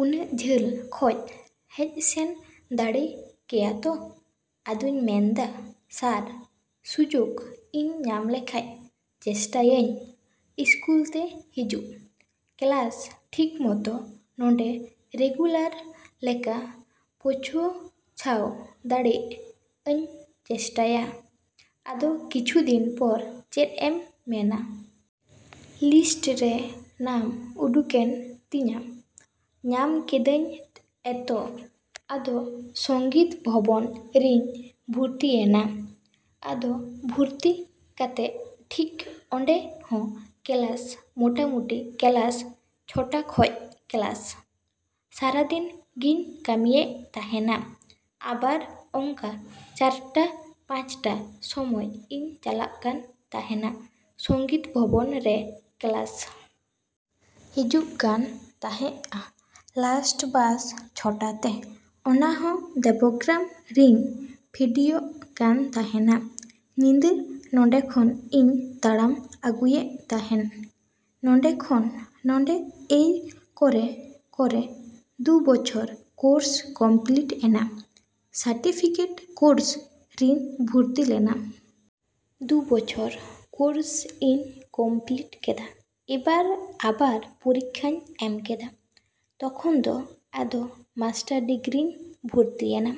ᱩᱱᱟᱹᱜ ᱡᱷᱟᱹᱞ ᱠᱷᱚᱡ ᱦᱮᱡ ᱥᱮᱱ ᱫᱟᱲᱮ ᱠᱮᱭᱟ ᱛᱚ? ᱟᱫᱚᱧ ᱢᱮᱱᱫᱟ, ᱥᱟᱨ, ᱥᱩᱡᱳᱜ ᱤᱧ ᱧᱟᱢ ᱞᱮᱠᱷᱟᱡ ᱪᱮᱥᱴᱟᱭᱟᱹᱧ ᱤᱥᱠᱩᱞ ᱛᱮ ᱦᱤᱡᱩᱜ᱾ ᱠᱮᱞᱟᱥ ᱴᱷᱤᱠ ᱢᱚᱛᱚ ᱱᱚᱰᱮ ᱨᱮᱜᱩᱞᱟᱨ ᱞᱮᱠᱟ ᱯᱳᱪᱷᱳᱪᱷᱟᱣ ᱫᱟᱲᱮᱜ ᱟᱹᱧ ᱪᱮᱥᱴᱟᱭᱟ᱾ ᱟᱫᱚ ᱠᱤᱪᱷᱩ ᱫᱤᱱ ᱯᱚᱨ ᱪᱮᱫ ᱮᱢ ᱢᱮᱱᱟ? ᱞᱤᱥᱴ ᱨᱮ ᱱᱟᱢ ᱩᱰᱩᱠᱮᱱ ᱛᱤᱧᱟ᱾ ᱧᱟᱢ ᱠᱮᱫᱟᱧ ᱮᱛᱚ᱾ ᱟᱫᱚ ᱥᱚᱝᱜᱤᱛ ᱵᱷᱚᱵᱚᱱ ᱨᱤᱧ ᱵᱷᱚᱨᱛᱤ ᱭᱮᱱᱟ᱾ ᱟᱫᱚ ᱵᱷᱚᱨᱛᱤ ᱠᱟᱛᱮᱜ ᱴᱷᱤᱠ ᱚᱱᱰᱮ ᱦᱚᱸ ᱠᱮᱞᱟᱥ ᱢᱳᱴᱟᱢᱩᱴᱤ ᱠᱮᱞᱟᱥ ᱪᱷᱚᱴᱟ ᱠᱷᱚᱡ ᱠᱮᱞᱟᱥ᱾ ᱥᱟᱨᱟᱫᱤᱱ ᱜᱤᱧ ᱠᱟᱹᱢᱤᱭᱮᱜ ᱛᱟᱸᱦᱮᱱᱟ᱾ ᱟᱵᱟᱨ ᱚᱱᱠᱟ ᱪᱟᱹᱨᱴᱟ ᱯᱟᱸᱪᱴᱟ ᱥᱚᱢᱚᱭ ᱤᱧ ᱪᱟᱞᱟᱜ ᱠᱟᱱ ᱛᱟᱸᱦᱮᱱᱟ ᱥᱚᱝᱜᱤᱛ ᱵᱷᱚᱵᱚᱱᱨᱮ ᱠᱮᱞᱟᱥ᱾ ᱦᱤᱡᱩᱜ ᱠᱟᱱ ᱛᱟᱸᱦᱮᱜ-ᱮ ᱞᱟᱥᱴ ᱵᱟᱥ ᱪᱷᱚᱴᱟ ᱛᱮ᱾ ᱚᱱᱟᱦᱚᱸ ᱫᱮᱵᱚᱜᱨᱟᱢ ᱨᱤᱧ ᱯᱷᱮᱰᱤᱚᱜ ᱠᱟᱱ ᱛᱟᱸᱦᱮᱱᱟ᱾ ᱧᱤᱫᱟᱹ ᱱᱚᱰᱮ ᱠᱷᱚᱱ ᱤᱧ ᱛᱟᱲᱟᱢ ᱟᱹᱜᱩᱭᱮᱜ ᱛᱟᱸᱦᱮᱱ᱾ ᱱᱚᱰᱮ ᱠᱷᱚᱱ ᱱᱚᱰᱮ ᱮᱭ ᱠᱚᱨᱮ ᱠᱚᱨᱮ ᱫᱩ ᱵᱚᱪᱷᱚᱨ ᱠᱳᱨᱥ ᱠᱚᱢᱯᱤᱞᱤᱴ ᱮᱱᱟ᱾ ᱥᱟᱨᱴᱤᱯᱷᱤᱠᱮᱴ ᱠᱳᱨᱥ ᱨᱤᱧ ᱵᱷᱚᱨᱛᱤ ᱞᱮᱱᱟ᱾ ᱫᱩ ᱵᱚᱪᱷᱚᱨ ᱠᱳᱨᱥ ᱤᱧ ᱠᱳᱢᱯᱤᱞᱤᱴ ᱠᱮᱫᱟ᱾ ᱮᱵᱟᱨ ᱟᱵᱟᱨ ᱯᱚᱨᱤᱠᱠᱷᱟᱧ ᱮᱢ ᱠᱮᱫᱟ᱾ ᱛᱚᱠᱷᱚᱱ ᱫᱚ ᱟᱫᱚ ᱢᱟᱥᱴᱟᱨ ᱰᱤᱜᱽᱨᱤ ᱨᱤᱧ ᱵᱷᱚᱨᱛᱤᱭᱮᱱᱟ᱾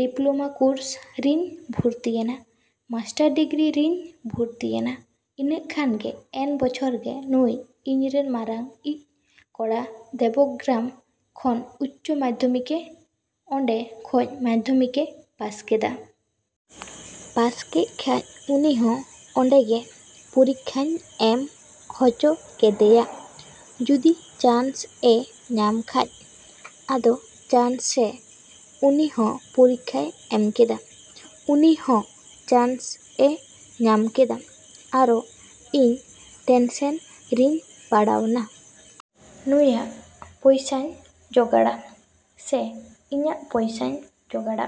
ᱰᱤᱯᱞᱳᱢᱟ ᱠᱳᱨᱥ ᱨᱤᱧ ᱵᱷᱚᱨᱛᱤᱭᱮᱱᱟ᱾ ᱢᱟᱥᱴᱟᱨ ᱰᱤᱜᱽᱨᱤ ᱨᱤᱧ ᱵᱷᱚᱨᱛᱤ ᱭᱮᱱᱟ᱾ ᱤᱱᱟᱹᱜ ᱠᱷᱟᱱᱜᱮ ᱮᱱ ᱵᱚᱪᱷᱚᱨᱜᱮ ᱱᱩᱭ ᱤᱧ ᱨᱮᱱ ᱢᱟᱨᱟᱝ ᱤᱪ ᱠᱚᱲᱟ ᱫᱮᱵᱜᱨᱟᱢ ᱠᱷᱚᱱ ᱩᱪᱪᱚ ᱢᱟᱫᱽᱫᱷᱚᱢᱤᱠ ᱮ, ᱚᱱᱰᱮ ᱠᱷᱚᱡ ᱢᱟᱫᱽᱫᱷᱚᱢᱤᱠ ᱮ ᱯᱟᱥ ᱠᱮᱫᱟ᱾ ᱯᱟᱥ ᱠᱮᱜ ᱠᱷᱟᱡ ᱩᱱᱤᱦᱚᱸ ᱚᱱᱰᱮ ᱜᱮ ᱯᱚᱨᱤᱠᱠᱷᱟᱧ ᱮᱢ ᱦᱚᱪᱚ ᱠᱮᱫᱮᱭᱟ ᱡᱚᱫᱤ ᱪᱟᱱᱥ ᱮ ᱧᱟᱢ ᱠᱷᱟᱡ᱾ ᱟᱫᱚ ᱪᱟᱱᱥᱮ ᱩᱱᱤ ᱦᱚᱸ ᱯᱚᱨᱤᱠᱠᱷᱟᱭ ᱮᱢ ᱠᱮᱫᱟ᱾ ᱩᱱᱤ ᱦᱚᱸ ᱪᱟᱱᱥ ᱮ ᱧᱟᱢ ᱠᱮᱫᱟ᱾ ᱟᱨᱚ ᱤᱧ ᱴᱮᱱᱥᱮᱱ ᱨᱤᱧ ᱯᱟᱲᱟᱣᱱᱟ᱾ ᱱᱩᱭᱟᱜ ᱯᱚᱭᱥᱟᱧ ᱡᱚᱜᱟᱲᱟ ᱥᱮ ᱤᱧᱟᱹᱜ ᱯᱚᱭᱥᱟᱧ ᱡᱚᱜᱟᱲᱟ?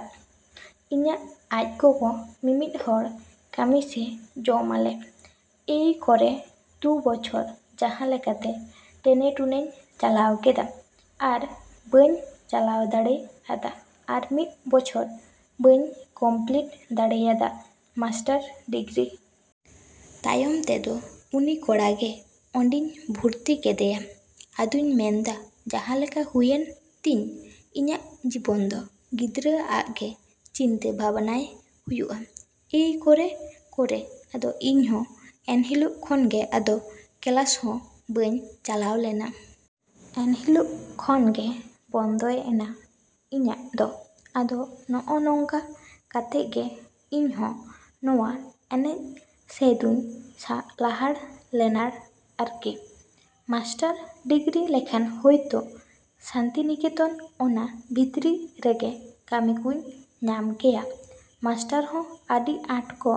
ᱤᱧᱟᱹᱜ ᱟᱡ ᱜᱚᱜᱚ ᱢᱤᱢᱤᱫ ᱦᱚᱲ ᱠᱟᱹᱢᱤ ᱥᱮ ᱡᱚᱢᱟᱞᱮ᱾ ᱮᱭ ᱠᱚᱨᱮ ᱠᱚᱨᱮ ᱫᱩ ᱵᱚᱪᱷᱚᱨ ᱡᱟᱸᱦᱟ ᱞᱮᱠᱟᱛᱮ ᱴᱮᱱᱮ ᱴᱩᱱᱮᱧ ᱪᱟᱞᱟᱣ ᱠᱮᱫᱟ ᱟᱨ ᱵᱟᱹᱧ ᱪᱟᱞᱟᱣ ᱫᱟᱲᱮ ᱟᱫᱟ᱾ ᱟᱨ ᱢᱤᱫ ᱵᱚᱪᱷᱚᱨ ᱵᱟᱹᱧ ᱠᱚᱢᱯᱤᱞᱤᱴ ᱫᱟᱲᱮᱭᱟᱫᱟ ᱢᱟᱥᱴᱟᱨ ᱰᱤᱜᱽᱨᱤ᱾ ᱛᱟᱭᱚᱢ ᱛᱮᱫᱚ ᱩᱱᱤ ᱠᱚᱲᱟᱜᱮ ᱚᱱᱰᱮᱧ ᱵᱷᱚᱨᱛᱤ ᱠᱮᱫᱮᱭᱟ᱾ ᱟᱫᱚᱧ ᱢᱮᱱᱫᱟ, ᱡᱟᱸᱦᱟ ᱞᱮᱠᱟ ᱦᱩᱭᱮᱱᱛᱤᱧ ᱤᱧᱟᱹᱜ ᱡᱤᱵᱚᱱ ᱫᱚ, ᱜᱤᱫᱽᱨᱟᱹ ᱟᱜ ᱜᱮ ᱪᱤᱱᱛᱟ ᱵᱷᱟᱵᱽᱱᱟᱭ ᱦᱩᱭᱩᱜ-ᱟ᱾ ᱮᱭ ᱠᱚᱨᱮ ᱠᱚᱨᱮ ᱟᱫᱚ ᱤᱧᱦᱚᱸ ᱮᱱᱦᱤᱞᱳᱜ ᱠᱷᱚᱱᱜᱮ ᱟᱫᱚ ᱠᱮᱞᱟᱥ ᱦᱚᱸ ᱵᱟᱹᱧ ᱪᱟᱞᱟᱣ ᱞᱮᱱᱟ᱾ ᱮᱱᱦᱤᱞᱳᱜ ᱠᱷᱚᱱᱜᱮ ᱵᱚᱱᱫᱚᱭ ᱮᱱᱟ ᱤᱧᱟᱹᱜ ᱫᱚ᱾ ᱟᱫᱚ ᱱᱚᱜ ᱚ ᱱᱚᱝᱠᱟ ᱠᱟᱛᱮᱜ ᱜᱮ ᱤᱧᱦᱚᱸ ᱱᱚᱣᱟ ᱮᱱᱮᱡ ᱥᱮᱫᱚᱧ ᱞᱟᱦᱟᱲ ᱞᱮᱱᱟᱲ ᱟᱨᱠᱤ᱾ ᱢᱟᱥᱴᱟᱨ ᱰᱤᱜᱽᱨᱤ ᱞᱮᱠᱷᱟᱱ ᱦᱳᱭᱛᱳ ᱥᱟᱱᱛᱤᱱᱤᱠᱮᱛᱚᱱ ᱚᱱᱟ ᱵᱷᱤᱛᱨᱤ ᱨᱮᱜᱮ ᱠᱟᱹᱢᱤ ᱠᱚᱧ ᱧᱟᱢ ᱠᱮᱭᱟ᱾ ᱢᱟᱥᱴᱟᱨ ᱦᱚᱸ ᱟᱹᱰᱤ ᱟᱸᱴ ᱠᱚ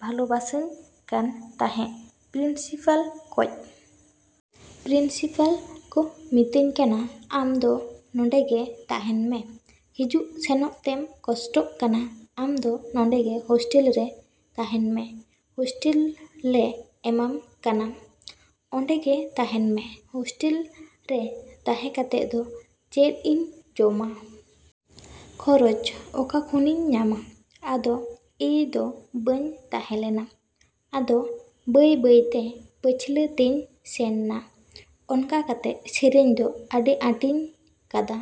ᱵᱷᱟᱞᱳᱵᱟᱥᱟᱧ ᱠᱟᱱ ᱛᱟᱸᱦᱮᱜ ᱯᱨᱤᱱᱥᱤᱯᱟᱞ ᱠᱚᱡ᱾ ᱯᱨᱤᱱᱥᱤᱯᱟᱞ ᱠᱚ ᱢᱤᱛᱟᱹᱧ ᱠᱟᱱᱟ, ᱟᱢ ᱫᱚ ᱱᱚᱰᱮᱜᱮ ᱛᱟᱸᱦᱮᱱ ᱢᱮ᱾ ᱦᱤᱡᱩᱜ ᱥᱮᱱᱚᱜ ᱛᱮᱢ ᱠᱚᱥᱴᱚᱜ ᱠᱟᱱᱟ᱾ ᱟᱢ ᱫᱚ ᱱᱚᱰᱮ ᱜᱮ ᱦᱚᱥᱴᱮᱞ ᱨᱮ ᱛᱟᱸᱦᱮᱱ ᱢᱮ᱾ ᱦᱚᱥᱴᱮᱞᱞᱮ ᱮᱢᱟᱢ ᱠᱟᱱᱟ᱾ ᱚᱱᱰᱮ ᱜᱮ ᱛᱟᱸᱦᱮᱱ ᱢᱮ᱾ᱦᱚᱥᱴᱮᱞᱨᱮ ᱛᱟᱸᱦᱮ ᱠᱟᱛᱮᱜ ᱫᱚ ᱪᱮᱫ ᱤᱧ ᱡᱚᱢᱟ? ᱠᱷᱚᱨᱚᱪ ᱚᱠᱟ ᱠᱷᱚᱱᱤᱧ ᱧᱟᱢᱟ? ᱟᱫᱚ ᱮᱭ ᱫᱚ ᱵᱟᱹᱧ ᱛᱟᱸᱦᱮ ᱞᱮᱱᱟ᱾ ᱟᱫᱚ ᱵᱟᱹᱭ ᱵᱟᱹᱭᱛᱮ ᱯᱟᱹᱪᱷᱞᱟᱹ ᱛᱮᱧ ᱥᱮᱱᱱᱟ᱾ ᱚᱱᱠᱟ ᱠᱟᱛᱮᱜ ᱥᱮᱨᱮᱧ ᱫᱚ ᱟᱹᱰᱤ ᱟᱸᱴᱤᱧ ᱠᱟᱫᱟ᱾